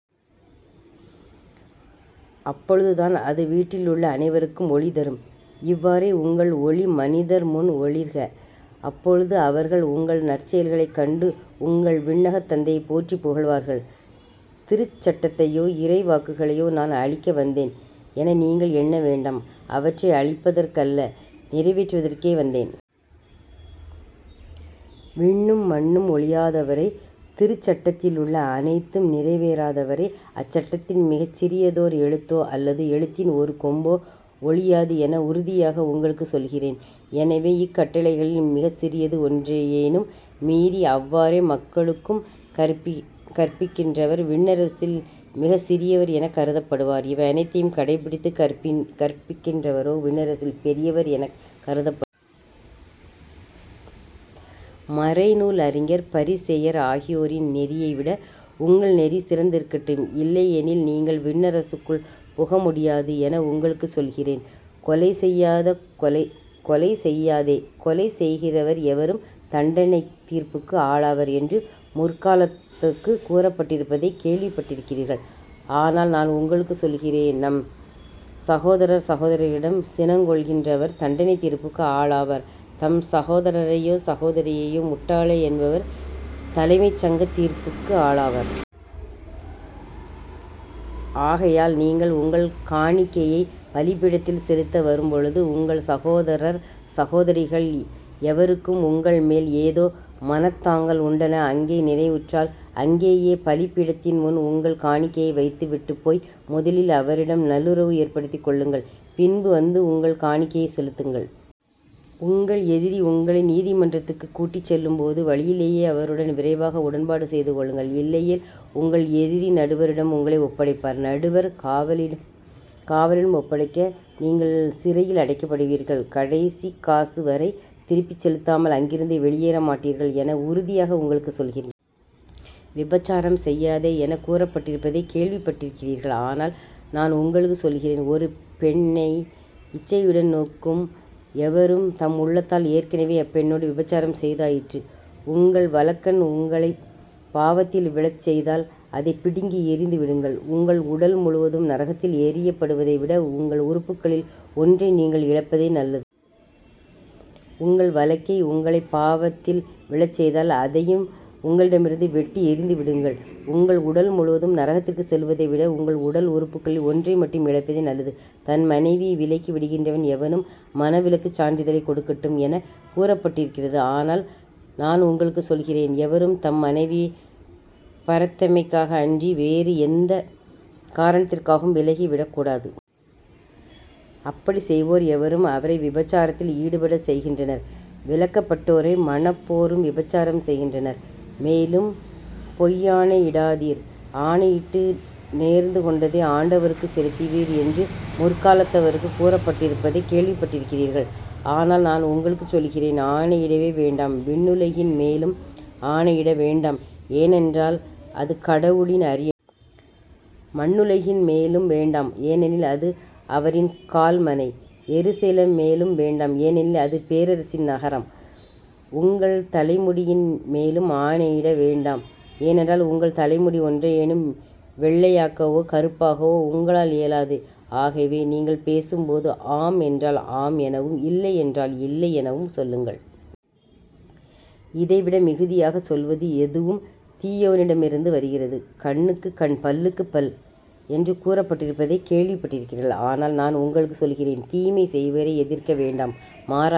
அப்பொழுதுதான் அது வீட்டிலுள்ள அனைவருக்கும் ஒளி தரும். இவ்வாறே உங்கள் ஒளி மனிதர்முன் ஒளிர்க. அப்பொழுது அவர்கள் உங்கள் நற்செயல்களைக் கண்டு உங்கள் விண்ணகத் தந்தையைப் போற்றிப் புகழ்வார்கள். திருச்சட்டத்தையோ இறைவாக்குகளையோ நான் அழிக்க வந்தேன் என நீங்கள் எண்ண வேண்டாம் அவற்றை அழிப்பதற்கல்ல, நிறைவேற்றுவதற்கே வந்தேன். விண்ணும் மண்ணும் ஒழியாதவரை, திருச்சட்டத்திலுள்ள அனைத்தும் நிறைவேறாதவரை அச்சட்டத்தின் மிகச்சிறியதோர் எழுத்தோ அல்லது எழுத்தின் ஒரு கொம்போ ஒழியாது என உறுதியாக உங்களுக்குச் சொல்கிறேன். எனவே, இக்கட்டளைகளில் மிகச் சிறியது ஒன்றையேனும் மீறி அவ்வாறே மக்களுக்கும் கற்பிக்கிறவர் விண்ணரசில் மிகச் சிறியவர் எனக் கருதப்படுவார். இவையனைத்தையும் கடைப்பிடித்துக் கற்பிக்கிறவரோ விண்ணரசில் பெரியவர் எனக் கருதப்படுவார். மறைநூல் அறிஞர் பரிசேயர் ஆகியோரின் நெறியைவிட உங்கள் நெறி சிறந்திருக்கட்டும். இல்லையெனில். நீங்கள் விண்ணரசுக்குள் புக முடியாது என உங்களுக்குச் சொல்கிறேன். கொலை செய்யாதே கொலை செய்கிறவர் எவரும் தண்டனைத் தீர்ப்புக்கு ஆளாவர் என்று முற்காலத்தவர்க்குக் கூறப்பட்டிருப்பதைக் கேள்விப் பட்டிருக்கிறீர்கள். ஆனால் நான் உங்களுக்குச் சொல்கிறேன் தம் சகோதரர் சகோதரிகளிடம் சினங்கொள்கிறவர் தண்டனைத் தீர்ப்புக்கு ஆளாவார் தம் சகோதரரையோ சகோதரியையோ முட்டாளே என்பவர் தலைமைச் சங்கத் தீர்ப்புக்கு ஆளாவார் அறிவிலியே என்பவர் எரிநரகத்துக்கு ஆளாவார். ஆகையால் நீங்கள் உங்கள் காணிக்கையைப் பலிபீடத்தில் செலுத்த வரும்பொழுது உங்கள் சகோதரர் சகோதரிகள் எவருக்கும் உங்கள் மேல் ஏதோ மனத்தாங்கல் உண்டென அங்கே நினைவுற்றால், அங்கேயே பலிபீடத்தின்முன் உங்கள் காணிக்கையை வைத்து விட்டுப் போய் முதலில் அவரிடம் நல்லுறவு ஏற்படுத்திக் கொள்ளுங்கள். பின்பு வந்து உங்கள் காணிக்கையைச் செலுத்துங்கள். உங்கள் எதிரி உங்களை நீதிமன்றத்துக்குக் கூட்டிச் செல்லும் போது வழியிலேயே அவருடன் விரைவாக உடன்பாடு செய்துகொள்ளுங்கள். இல்லையேல் உங்கள் எதிரி நடுவரிடம் உங்களை ஒப்படைப்பார். நடுவர் காவலிடம் ஒப்படைக்க நீங்கள் சிறையில் அடைக்கப்படுவீர்கள். கடைசிக் காசு வரை திருப்பிச் செலுத்தாமல் அங்கிருந்து வெளியேற மாட்டீர்கள் என உறுதியாக உங்களுக்கு சொல்கிறேன். விபசாரம் செய்யாதே எனக் கூறப்பட்டிருப்பதைக் கேள்விப்பட்டிருக்கிறீர்கள். ஆனால், நான் உங்களுக்குச் சொல்கிறேன் ஒரு பெண்ணை இச்சையுடன் நோக்கும் எவரும் தம் உள்ளத்தால் ஏற்கெனவே அப்பெண்ணோடு விபசாரம் செய்தாயிற்று. உங்கள் வலக்கண் உங்களைப் பாவத்தில் விழச்செய்தால் அதைப் பிடுங்கி எறிந்து விடுங்கள். உங்கள் உடல் முழுவதும் நரகத்தில் எறியப்படுவதைவிட உங்கள் உறுப்புகளில் ஒன்றை நீங்கள் இழப்பதே நல்லது. உங்கள் வலக்கை உங்களைப் பாவத்தில் விழச் செய்தால் அதையும் உங்களிடமிருந்து வெட்டி எறிந்து விடுங்கள். உங்கள் உடல் முழுவதும் நரகத்திற்குச் செல்வதைவிட உங்கள் உறுப்புகளில் ஒன்றை நீங்கள் இழப்பதே நல்லது. தன் மனைவியை விலக்கி விடுகிறவன் எவனும் மணவிலக்குச் சான்றிதழைக் கொடுக்கட்டும் எனக் கூறப்பட்டிருக்கிறது. ஆனால் நான் உங்களுக்குச் சொல்கிறேன் எவரும் தம் மனைவியைப் பரத்தைமைக்காக அன்றி வேறு எந்தக் காரணத்திற்காகவும் விலக்கிவிடக் கூடாது. அப்படிச் செய்வோர் எவரும் அவரை விபசாரத்தில் ஈடுபடச் செய்கின்றனர். விலக்கப்பட்டோரை மணப்போரும் விபசாரம் செய்கின்றனர். மேலும் பொய்யாணை இடாதீர். ஆணையிட்டு நேர்ந்து கொண்டதை ஆண்டவருக்குச் செலுத்துவீர் என்று முற்காலத்தவர்க்குக் கூறப்பட்டிருப்பதைக் கேள்விப்பட்டிருக்கிறீர்கள். ஆனால் நான் உங்களுக்குச் சொல்கிறேன் ஆணையிடவே வேண்டாம். விண்ணுலகின் மேலும் ஆணையிட வேண்டாம் ஏனென்றால் அது கடவுளின் அரியணை. மண்ணுலகின் மேலும் வேண்டாம் ஏனெனில் அது அவரின் கால்மணை. எருசலேம் மேலும் வேண்டாம் ஏனெனில் அது பேரரசின் நகரம். உங்கள் தலைமுடியின் மேலும் ஆணையிட வேண்டாம் ஏனெனில் உங்கள் தலைமுடி ஒன்றையேனும் வெள்ளையாக்கவோ கறுப்பாக்கவோ உங்களால் இயலாது ஆகவே நீங்கள் பேசும்போது ஆம் என்றால் ஆம் எனவும் இல்லை என்றால் இல்லை எனவும் சொல்லுங்கள். இதைவிட மிகுதியாகச் சொல்வது எதுவும் தீயோனிடத்திலிருந்து வருகிறது. கண்ணுக்குக் கண் பல்லுக்குப் பல் என்று கூறப்பட்டிருப்பதைக் கேள்விப்பட்டிருக்கிறீர்கள். ஆனால் நான் உங்களுக்குச் சொல்கிறேன் தீமை செய்பவரை எதிர்க்க வேண்டாம். மாறாக